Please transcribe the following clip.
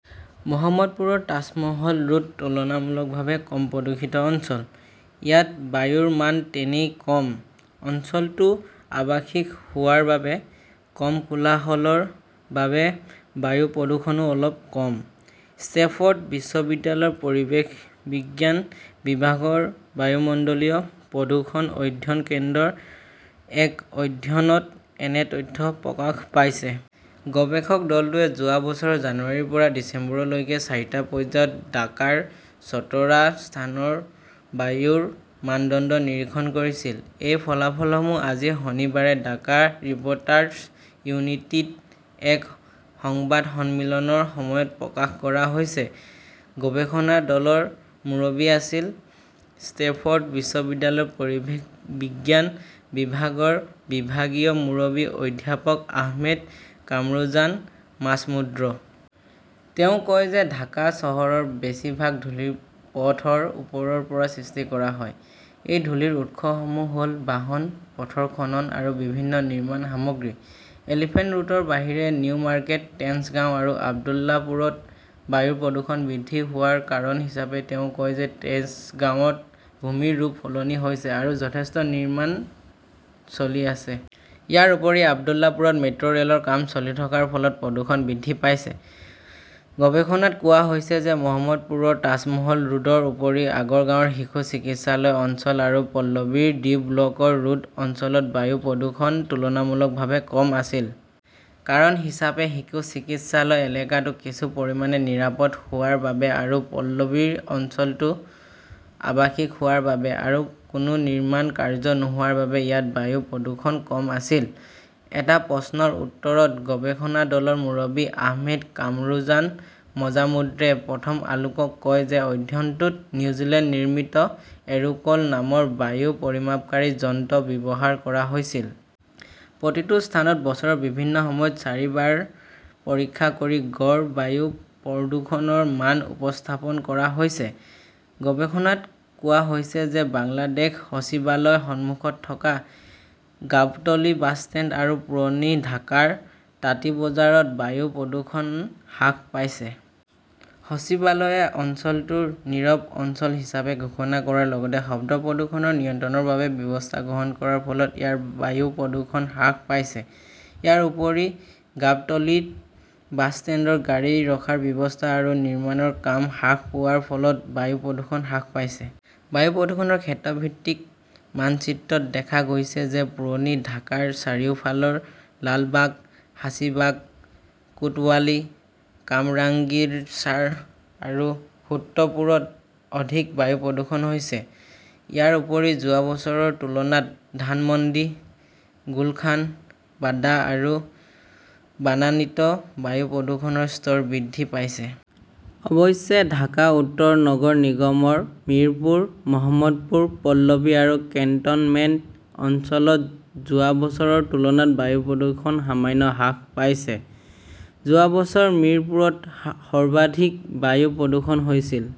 মহম্মদপুৰৰ Taj Mahal road তুলনামূলকভাৱে কম প্ৰদূষিত অঞ্চল। ইয়াত বায়ুৰ মান তেনেই কম। অঞ্চলটো আৱাসিক হোৱাৰ বাবে, কম কোলাহলৰ বাবে বায়ু প্ৰদূষণও অলপ কম। ষ্টেমফৰ্ড বিশ্ববিদ্যালয়ৰ পৰিৱেশ বিজ্ঞান বিভাগৰ বায়ুমণ্ডলীয় প্ৰদূষণ অধ্যয়ন কেন্দ্ৰৰ এক অধ্যয়নত এনে তথ্য প্ৰকাশ পাইছে। গৱেষক দলটোৱে যোৱা বছৰৰ জানুৱাৰীৰ পৰা ডিচেম্বৰলৈকে চাৰিটা পৰ্যায়ত ঢাকাৰ সত্তৰটা স্থানৰ বায়ুৰ মানদণ্ড নিৰীক্ষণ কৰিছিল। এই ফলাফলসমূহ আজি শনিবাৰে ঢাকা ৰিপৰ্টাছ ইউনিটীত এক সংবাদ সন্মিলনৰ সময়ত প্ৰকাশ কৰা হৈছিল। গৱেষণা দলৰ মুৰব্বী আছিল ষ্টেমফৰ্ড বিশ্ববিদ্যালয়ৰ পৰিৱেশ বিজ্ঞান বিভাগৰ বিভাগীয় মুৰব্বী অধ্যাপক আহমেদ কামৰুজান মাজমুদ্ৰ। তেওঁ কয় যে ঢাকা চহৰৰ বেছিভাগ ধূলি পথৰ ওপৰৰ পৰা সৃষ্টি কৰা হয়। এই ধূলিৰ উৎসসমূহ হ'ল বাহন, পথৰ খনন আৰু বিভিন্ন নিৰ্মাণ সামগ্ৰী। এলিফেণ্ট ৰোডৰ বাহিৰে নিউ মাৰ্কেট, তেঞ্জগাও আৰু আব্দুল্লাহপুৰত বায়ু প্ৰদূষণ বৃদ্ধি হোৱাৰ কাৰণ হিচাপে তেওঁ কয় যে তেজগাঁৱত ভূমিৰ ৰূপ সলনি হৈছে আৰু যথেষ্ট নিৰ্মাণ চলি আছে। ইয়াৰ উপৰি আব্দুল্লাপুৰত মেট্ৰ'ৰেলৰ কাম চলি থকাৰ ফলত প্ৰদূষণ বৃদ্ধি পাইছে। গৱেষণাত কোৱা হৈছে যে মহম্মদপুৰৰ তাজমহল ৰোডৰ উপৰি আগৰগাঁৱৰ শিশু চিকিৎসালয় অঞ্চল আৰু পল্লবীৰ ডি ব্লকৰ ৰোড অঞ্চলত বায়ু প্ৰদূষণ তুলনামূলকভাৱে কম আছিল। কাৰণ হিচাপে, শিশু চিকিৎসালয়ৰ এলেকাটো কিছু পৰিমাণে নিৰাপদ হোৱাৰ বাবে আৰু পল্লবীৰ অঞ্চলটো আৱাসিক হোৱাৰ বাবে আৰু কোনো নিৰ্মাণ কাৰ্য নোহোৱাৰ বাবে ইয়াত বায়ু প্ৰদূষণ কম আছিল। এটা প্ৰশ্নৰ উত্তৰত গৱেষণা দলৰ মুৰব্বী আহমেদ কামৰুজান মজামুদ্ৰে প্ৰথম আলোকক কয় যে অধ্যয়নটোত নিউজিলেণ্ডত নিৰ্মিত "এৰোকল" নামৰ বায়ু পৰিমাপকাৰী যন্ত্ৰ ব্যৱহাৰ কৰা হৈছিল। প্ৰতিটো স্থানত বছৰৰ বিভিন্ন সময়ত চাৰিবাৰ পৰীক্ষা কৰি গড় বায়ু প্ৰদূষণৰ মান উপস্থাপন কৰা হৈছে। গৱেষণাত কোৱা হৈছে যে বাংলাদেশ সচিবালয়ৰ সন্মুখত থকা গাবটলি বাছষ্টেণ্ড আৰু পুৰণি ঢাকাৰ তাঁতী বজাৰত বায়ু প্ৰদূষণ হ্ৰাস পাইছে। সচিবালয়ে অঞ্চলটো নীৰৱ অঞ্চল হিচাপে ঘোষণা কৰাৰ লগতে শব্দ প্ৰদূষণ নিয়ন্ত্ৰণৰ বাবে ব্যৱস্থা গ্ৰহণ কৰাৰ ফলত ইয়াৰ বায়ু প্ৰদূষণ হ্ৰাস পাইছে। ইয়াৰ উপৰি গাবটলি বাছ ষ্টেণ্ডত গাড়ী ৰখাৰ ব্যৱস্থা আৰু নিৰ্মাণৰ কাম হ্ৰাস পোৱাৰ ফলত বায়ু প্ৰদূষণ হ্ৰাস পাইছে। বায়ু প্ৰদূষণৰ ক্ষেত্ৰভিত্তিক মানচিত্ৰত দেখা গৈছে যে পুৰণি ঢাকাৰ চাৰিওফালৰ লালবাগ, হাজৰিবাগ, কোটৱালী, কামৰাংগীৰচাৰ আৰু সূত্ৰপুৰত অধিক বায়ু প্ৰদূষণ হৈছিল। ইয়াৰ উপৰি, যোৱা বছৰৰ তুলনাত ধানমণ্ডি, গুলশান, বাড্ডা আৰু বানানিত বায়ু প্ৰদূষণৰ স্তৰ বৃদ্ধি পাইছে। অৱশ্যে, ঢাকা উত্তৰ নগৰ নিগমৰ মিৰপুৰ, মহম্মদপুৰ, পল্লবী আৰু কেণ্টনমেণ্ট অঞ্চলত যোৱা বছৰৰ তুলনাত বায়ু প্ৰদূষণ সামান্য হ্ৰাস পাইছে। যোৱা বছৰ মিৰপুৰত সৰ্বাধিক বায়ু প্ৰদূষণ হৈছিল।